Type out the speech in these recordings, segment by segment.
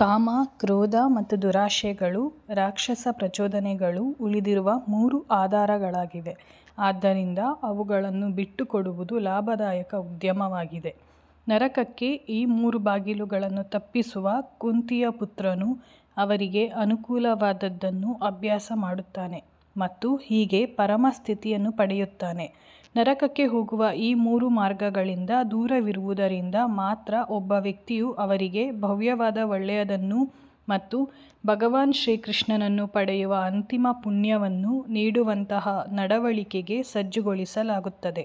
ಕಾಮ ಕ್ರೋಧ ಮತ್ತು ದುರಾಶೆಗಳು ರಾಕ್ಷಸ ಪ್ರಚೋದನೆಗಳು ಉಳಿದಿರುವ ಮೂರು ಆಧಾರಗಳಾಗಿವೆ ಆದ್ದರಿಂದ ಅವುಗಳನ್ನು ಬಿಟ್ಟುಕೊಡುವುದು ಲಾಭದಾಯಕ ಉದ್ಯಮವಾಗಿದೆ ನರಕಕ್ಕೆ ಈ ಮೂರು ಬಾಗಿಲುಗಳನ್ನು ತಪ್ಪಿಸುವ ಕುಂತಿಯ ಪುತ್ರನು ಅವರಿಗೆ ಅನುಕೂಲವಾದದ್ದನ್ನು ಅಭ್ಯಾಸ ಮಾಡುತ್ತಾನೆ ಮತ್ತು ಹೀಗೆ ಪರಮ ಸ್ಥಿತಿಯನ್ನು ಪಡೆಯುತ್ತಾನೆ. ನರಕಕ್ಕೆ ಹೋಗುವ ಈ ಮೂರು ಮಾರ್ಗಗಳಿಂದ ದೂರವಿರುವುದರಿಂದ ಮಾತ್ರ ಒಬ್ಬ ವ್ಯಕ್ತಿಯು ಅವರಿಗೆ ಭವ್ಯವಾದ ಒಳ್ಳೆಯದನ್ನು ಮತ್ತು ಭಗವಾನ್ ಶ್ರೀಕೃಷ್ಣನನ್ನು ಪಡೆಯುವ ಅಂತಿಮ ಪುಣ್ಯವನ್ನು ನೀಡುವಂತಹ ನಡವಳಿಕೆಗೆ ಸಜ್ಜುಗೊಳಿಸಲಾಗುತ್ತದೆ.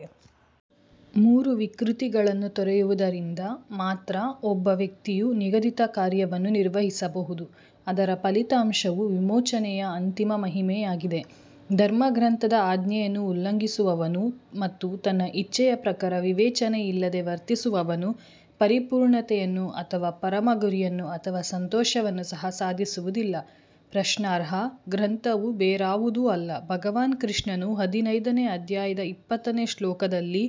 ಮೂರು ವಿಕೃತಿಗಳನ್ನು ತೊರೆಯುವುದರಿಂದ ಮಾತ್ರ ಒಬ್ಬ ವ್ಯಕ್ತಿಯು ನಿಗದಿತ ಕಾರ್ಯವನ್ನು ನಿರ್ವಹಿಸಬಹುದು ಅದರ ಫಲಿತಾಂಶವು ವಿಮೋಚನೆಯ ಅಂತಿಮ ಮಹಿಮೆಯಾಗಿದೆ. ಧರ್ಮಗ್ರಂಥದ ಆಜ್ಞೆಯನ್ನು ಉಲ್ಲಂಘಿಸುವವನು ಮತ್ತು ತನ್ನ ಇಚ್ಛೆಯ ಪ್ರಕಾರ ವಿವೇಚನೆಯಿಲ್ಲದೆ ವರ್ತಿಸುವವನು ಪರಿಪೂರ್ಣತೆಯನ್ನು ಅಥವಾ ಪರಮ ಗುರಿಯನ್ನು ಅಥವಾ ಸಂತೋಷವನ್ನು ಸಹ ಸಾಧಿಸುವುದಿಲ್ಲ. ಪ್ರಶ್ನಾರ್ಹ ಗ್ರಂಥವು ಬೇರಾವುದೂ ಅಲ್ಲ ಭಗವಾನ್ ಕೃಷ್ಣನು ಹದಿನೈದನೇ ಅಧ್ಯಾಯದ ಇಪ್ಪತ್ತನೇ ಶ್ಲೋಕದಲ್ಲಿ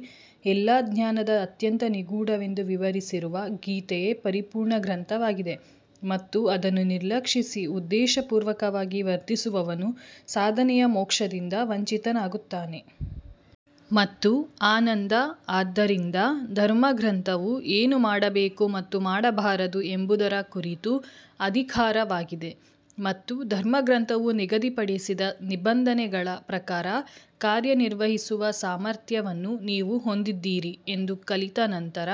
ಎಲ್ಲಾ ಜ್ಞಾನದ ಅತ್ಯಂತ ನಿಗೂಢವೆಂದು ವಿವರಿಸಿರುವ ಗೀತೆಯೇ ಪರಿಪೂರ್ಣ ಗ್ರಂಥವಾಗಿದೆ ಮತ್ತು ಅದನ್ನು ನಿರ್ಲಕ್ಷಿಸಿ ಉದ್ದೇಶಪೂರ್ವಕವಾಗಿ ವರ್ತಿಸುವವನು ಸಾಧನೆಯ ಮೋಕ್ಷದಿಂದ ವಂಚಿತನಾಗುತ್ತಾನೆ. ಮತ್ತು ಆನಂದ ಆದ್ದರಿಂದ ಧರ್ಮಗ್ರಂಥವು ಏನು ಮಾಡಬೇಕು ಮತ್ತು ಮಾಡಬಾರದು ಎಂಬುದರ ಕುರಿತು ಅಧಿಕಾರವಾಗಿದೆ ಮತ್ತು ಧರ್ಮಗ್ರಂಥವು ನಿಗದಿಪಡಿಸಿದ ನಿಬಂಧನೆಗಳ ಪ್ರಕಾರ ಕಾರ್ಯನಿರ್ವಹಿಸುವ ಸಾಮರ್ಥ್ಯವನ್ನು ನೀವು ಹೊಂದಿದ್ದೀರಿ ಎಂದು ಕಲಿತ ನಂತರ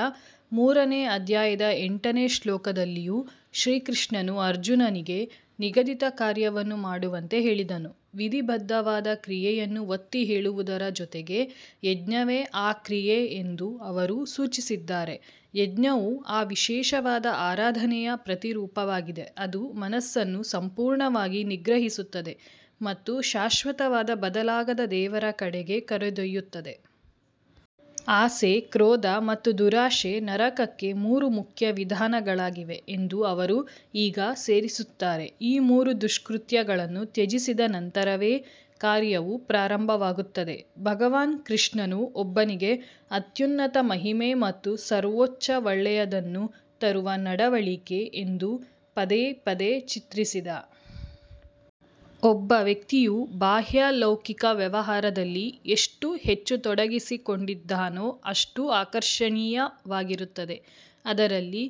ಮೂರನೇ ಅಧ್ಯಾಯದ ಎಂಟನೇ ಶ್ಲೋಕದಲ್ಲಿಯೂ ಶ್ರೀಕೃಷ್ಣನು ಅರ್ಜುನನಿಗೆ ನಿಗದಿತ ಕಾರ್ಯವನ್ನು ಮಾಡುವಂತೆ ಹೇಳಿದನು ವಿಧಿಬದ್ಧವಾದ ಕ್ರಿಯೆಯನ್ನು ಒತ್ತಿಹೇಳುವುದರ ಜೊತೆಗೆ ಯಜ್ಞವೇ ಆ ಕ್ರಿಯೆ ಎಂದೂ ಅವರು ಸೂಚಿಸಿದ್ದಾರೆ ಯಜ್ಞವು ಆ ವಿಶೇಷವಾದ ಆರಾಧನೆಯ ಪ್ರತಿರೂಪವಾಗಿದೆ ಅದು ಮನಸ್ಸನ್ನು ಸಂಪೂರ್ಣವಾಗಿ ನಿಗ್ರಹಿಸುತ್ತದೆ ಮತ್ತು ಶಾಶ್ವತವಾದ ಬದಲಾಗದ ದೇವರ ಕಡೆಗೆ ಕರೆದೊಯ್ಯುತ್ತದೆ. ಆಸೆ ಕ್ರೋಧ ಮತ್ತು ದುರಾಶೆ ನರಕಕ್ಕೆ ಮೂರು ಮುಖ್ಯ ವಿಧಾನಗಳಾಗಿವೆ ಎಂದು ಅವರು ಈಗ ಸೇರಿಸುತ್ತಾರೆ ಈ ಮೂರು ದುಷ್ಕೃತ್ಯಗಳನ್ನು ತ್ಯಜಿಸಿದ ನಂತರವೇ ಕಾರ್ಯವು ಪ್ರಾರಂಭವಾಗುತ್ತದೆ ಭಗವಾನ್ ಕೃಷ್ಣನು ಒಬ್ಬನಿಗೆ ಅತ್ಯುನ್ನತ ಮಹಿಮೆ ಮತ್ತು ಸರ್ವೋಚ್ಚ ಒಳ್ಳೆಯದನ್ನು ತರುವ ನಡವಳಿಕೆ ಎಂದು ಪದೇ ಪದೇ ಚಿತ್ರಿಸಿದ. ಒಬ್ಬ ವ್ಯಕ್ತಿಯು ಬಾಹ್ಯ ಲೌಕಿಕ ವ್ಯವಹಾರದಲ್ಲಿ ಎಷ್ಟು ಹೆಚ್ಚು ತೊಡಗಿಸಿಕೊಂಡಿದ್ದಾನೋ ಅಷ್ಟು ಆಕರ್ಷಣೀಯವಾಗಿರುತ್ತದೆ ಅದರಲ್ಲಿ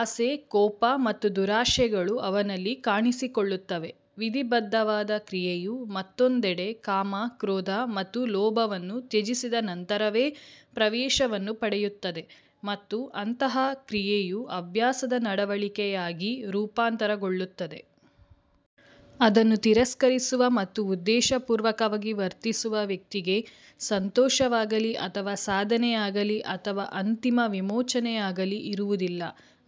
ಆಸೆ ಕೋಪ ಮತ್ತು ದುರಾಶೆಗಳು ಅವನಲ್ಲಿ ಕಾಣಿಸಿಕೊಳ್ಳುತ್ತವೆ. ವಿಧಿಬದ್ಧವಾದ ಕ್ರಿಯೆಯು ಮತ್ತೊಂದೆಡೆ ಕಾಮ ಕ್ರೋಧ ಮತ್ತು ಲೋಭವನ್ನು ತ್ಯಜಿಸಿದ ನಂತರವೇ ಪ್ರವೇಶವನ್ನು ಪಡೆಯುತ್ತದೆ ಮತ್ತು ಅಂತಹ ಕ್ರಿಯೆಯು ಅಭ್ಯಾಸದ ನಡವಳಿಕೆಯಾಗಿ ರೂಪಾಂತರಗೊಳ್ಳುತ್ತದೆ. ಅದನ್ನು ತಿರಸ್ಕರಿಸುವ ಮತ್ತು ಉದ್ದೇಶಪೂರ್ವಕವಾಗಿ ವರ್ತಿಸುವ ವ್ಯಕ್ತಿಗೆ ಸಂತೋಷವಾಗಲೀ ಅಥವಾ ಸಾಧನೆಯಾಗಲೀ ಅಥವಾ ಅಂತಿಮ ವಿಮೋಚನೆಯಾಗಲೀ ಇರುವುದಿಲ್ಲ.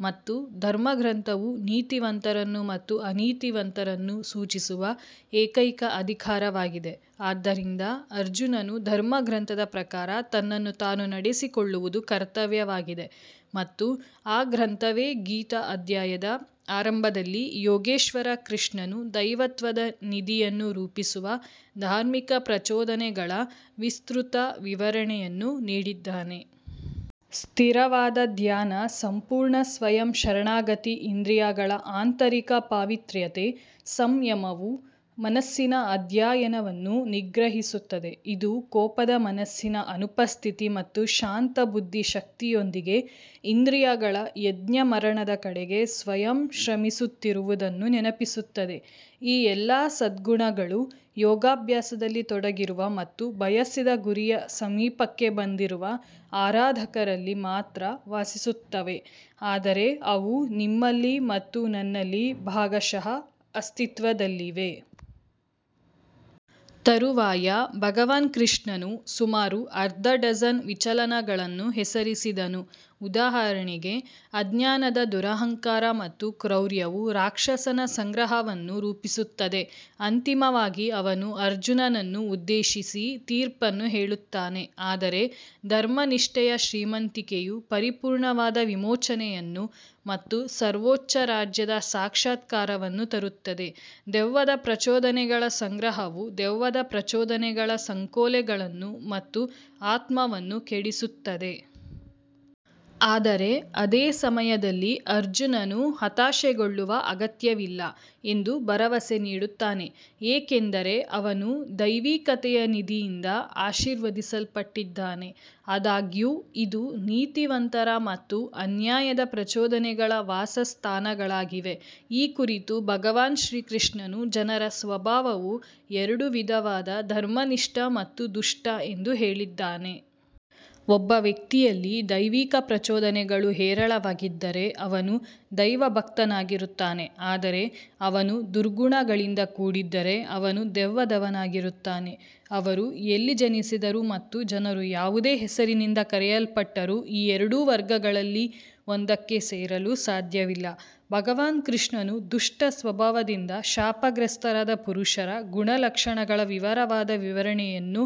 ಮತ್ತು ಧರ್ಮಗ್ರಂಥವು ನೀತಿವಂತರನ್ನು ಮತ್ತು ಅನೀತಿವಂತರನ್ನು ಸೂಚಿಸುವ ಏಕೈಕ ಅಧಿಕಾರವಾಗಿದೆ ಆದ್ದರಿಂದ ಅರ್ಜುನನು ಧರ್ಮಗ್ರಂಥದ ಪ್ರಕಾರ ತನ್ನನ್ನು ತಾನು ನಡೆಸಿಕೊಳ್ಳುವುದು ಕರ್ತವ್ಯವಾಗಿದೆ ಮತ್ತು ಆ ಗ್ರಂಥವೇ ಗೀತಾ ಅಧ್ಯಾಯದ ಆರಂಭದಲ್ಲಿ ಯೋಗೇಶ್ವರ ಕೃಷ್ಣನು ದೈವತ್ವದ ನಿಧಿಯನ್ನು ರೂಪಿಸುವ ಧಾರ್ಮಿಕ ಪ್ರಚೋದನೆಗಳ ವಿಸ್ತೃತ ವಿವರಣೆಯನ್ನು ನೀಡಿದ್ದಾನೆ. ಸ್ಥಿರವಾದ ಧ್ಯಾನ ಸಂಪೂರ್ಣ ಸ್ವಯಂ ಶರಣಾಗತಿ ಇಂದ್ರಿಯಗಳ ಆಂತರಿಕ ಪಾವಿತ್ರ್ಯತೆ ಸಂಯಮವು ಮನಸ್ಸಿನ ಅಧ್ಯಯನವನ್ನು ನಿಗ್ರಹಿಸುತ್ತದೆ ಇದು ಕೋಪದ ಮನಸ್ಸಿನ ಅನುಪಸ್ಥಿತಿ ಮತ್ತು ಶಾಂತ ಬುದ್ಧಿಶಕ್ತಿಯೊಂದಿಗೆ ಇಂದ್ರಿಯಗಳ ಯಜ್ಞ ಮರಣದ ಕಡೆಗೆ ಸ್ವಯಂ ಶ್ರಮಿಸುತ್ತಿರುವುದನ್ನು ನೆನಪಿಸುತ್ತದೆ. ಈ ಎಲ್ಲಾ ಸದ್ಗುಣಗಳು ಯೋಗಾಭ್ಯಾಸದಲ್ಲಿ ತೊಡಗಿರುವ ಮತ್ತು ಬಯಸಿದ ಗುರಿಯ ಸಮೀಪಕ್ಕೆ ಬಂದಿರುವ ಆರಾಧಕರಲ್ಲಿ ಮಾತ್ರ ವಾಸಿಸುತ್ತವೆ ಆದರೆ ಅವು ನಿಮ್ಮಲ್ಲಿ ಮತ್ತು ನನ್ನಲ್ಲಿ ಭಾಗಶಃ ಅಸ್ತಿತ್ವದಲ್ಲಿವೆ. ತರುವಾಯ ಭಗವಾನ್ ಕೃಷ್ಣನು ಸುಮಾರು ಅರ್ಧ ಡಜನ್ ವಿಚಲನಗಳನ್ನು ಹೆಸರಿಸಿದನು ಉದಾಹರಣೆಗೆ ಅಜ್ಞಾನದ ದುರಹಂಕಾರ ಮತ್ತು ಕ್ರೌರ್ಯವು ರಾಕ್ಷಸನ ಸಂಗ್ರಹವನ್ನು ರೂಪಿಸುತ್ತದೆ. ಅಂತಿಮವಾಗಿ ಅವನು ಅರ್ಜುನನನ್ನು ಉದ್ದೇಶಿಸಿ ತೀರ್ಪನ್ನು ಹೇಳುತ್ತಾನೆ ಆದರೆ ಧರ್ಮನಿಷ್ಠೆಯ ಶ್ರೀಮಂತಿಕೆಯು ಪರಿಪೂರ್ಣವಾದ ವಿಮೋಚನೆಯನ್ನು ಮತ್ತು ಸರ್ವೋಚ್ಚ ರಾಜ್ಯದ ಸಾಕ್ಷಾತ್ಕಾರವನ್ನು ತರುತ್ತದೆ ದೆವ್ವದ ಪ್ರಚೋದನೆಗಳ ಸಂಗ್ರಹವು ದೆವ್ವದ ಪ್ರಚೋದನೆಗಳ ಸಂಕೋಲೆಗಳನ್ನು ಮತ್ತು ಆತ್ಮವನ್ನು ಕೆಡಿಸುತ್ತದೆ. ಆದರೆ ಅದೇ ಸಮಯದಲ್ಲಿ ಅರ್ಜುನನು ಹತಾಶೆಗೊಳ್ಳುವ ಅಗತ್ಯವಿಲ್ಲ ಎಂದು ಭರವಸೆ ನೀಡುತ್ತಾನೆ ಏಕೆಂದರೆ ಅವನು ದೈವಿಕತೆಯ ನಿಧಿಯಿಂದ ಆಶೀರ್ವದಿಸಲ್ಪಟ್ಟಿದ್ದಾನೆ. ಆದಾಗ್ಯೂ ಇದು ನೀತಿವಂತರ ಮತ್ತು ಅನ್ಯಾಯದ ಪ್ರಚೋದನೆಗಳ ವಾಸಸ್ಥಾನಗಳಾಗಿವೆ ಈ ಕುರಿತು ಭಗವಾನ್ ಶ್ರೀಕೃಷ್ಣನು ಜನರ ಸ್ವಭಾವವು ಎರಡು ವಿಧವಾದ ಧರ್ಮನಿಷ್ಠ ಮತ್ತು ದುಷ್ಟ ಎಂದು ಹೇಳಿದ್ದಾನೆ. ಒಬ್ಬ ವ್ಯಕ್ತಿಯಲ್ಲಿ ದೈವಿಕ ಪ್ರಚೋದನೆಗಳು ಹೇರಳವಾಗಿದ್ದರೆ ಅವನು ದೈವಭಕ್ತನಾಗಿರುತ್ತಾನೆ ಆದರೆ ಅವನು ದುರ್ಗುಣಗಳಿಂದ ಕೂಡಿದ್ದರೆ ಅವನು ದೆವ್ವದವನಾಗಿರುತ್ತಾನೆ. ಅವರು ಎಲ್ಲಿ ಜನಿಸಿದರೂ ಮತ್ತು ಜನರು ಯಾವುದೇ ಹೆಸರಿನಿಂದ ಕರೆಯಲ್ಪಟ್ಟರೂ ಈ ಎರಡು ವರ್ಗಗಳಲ್ಲಿ ಒಂದಕ್ಕೆ ಸೇರಲು ಸಾಧ್ಯವಿಲ್ಲ ಭಗವಾನ್ ಕೃಷ್ಣನು ದುಷ್ಟ ಸ್ವಭಾವದಿಂದ ಶಾಪಗ್ರಸ್ತರಾದ ಪುರುಷರ ಗುಣಲಕ್ಷಣಗಳ ವಿವರವಾದ ವಿವರಣೆಯನ್ನು ನೀಡುತ್ತಾನೆ.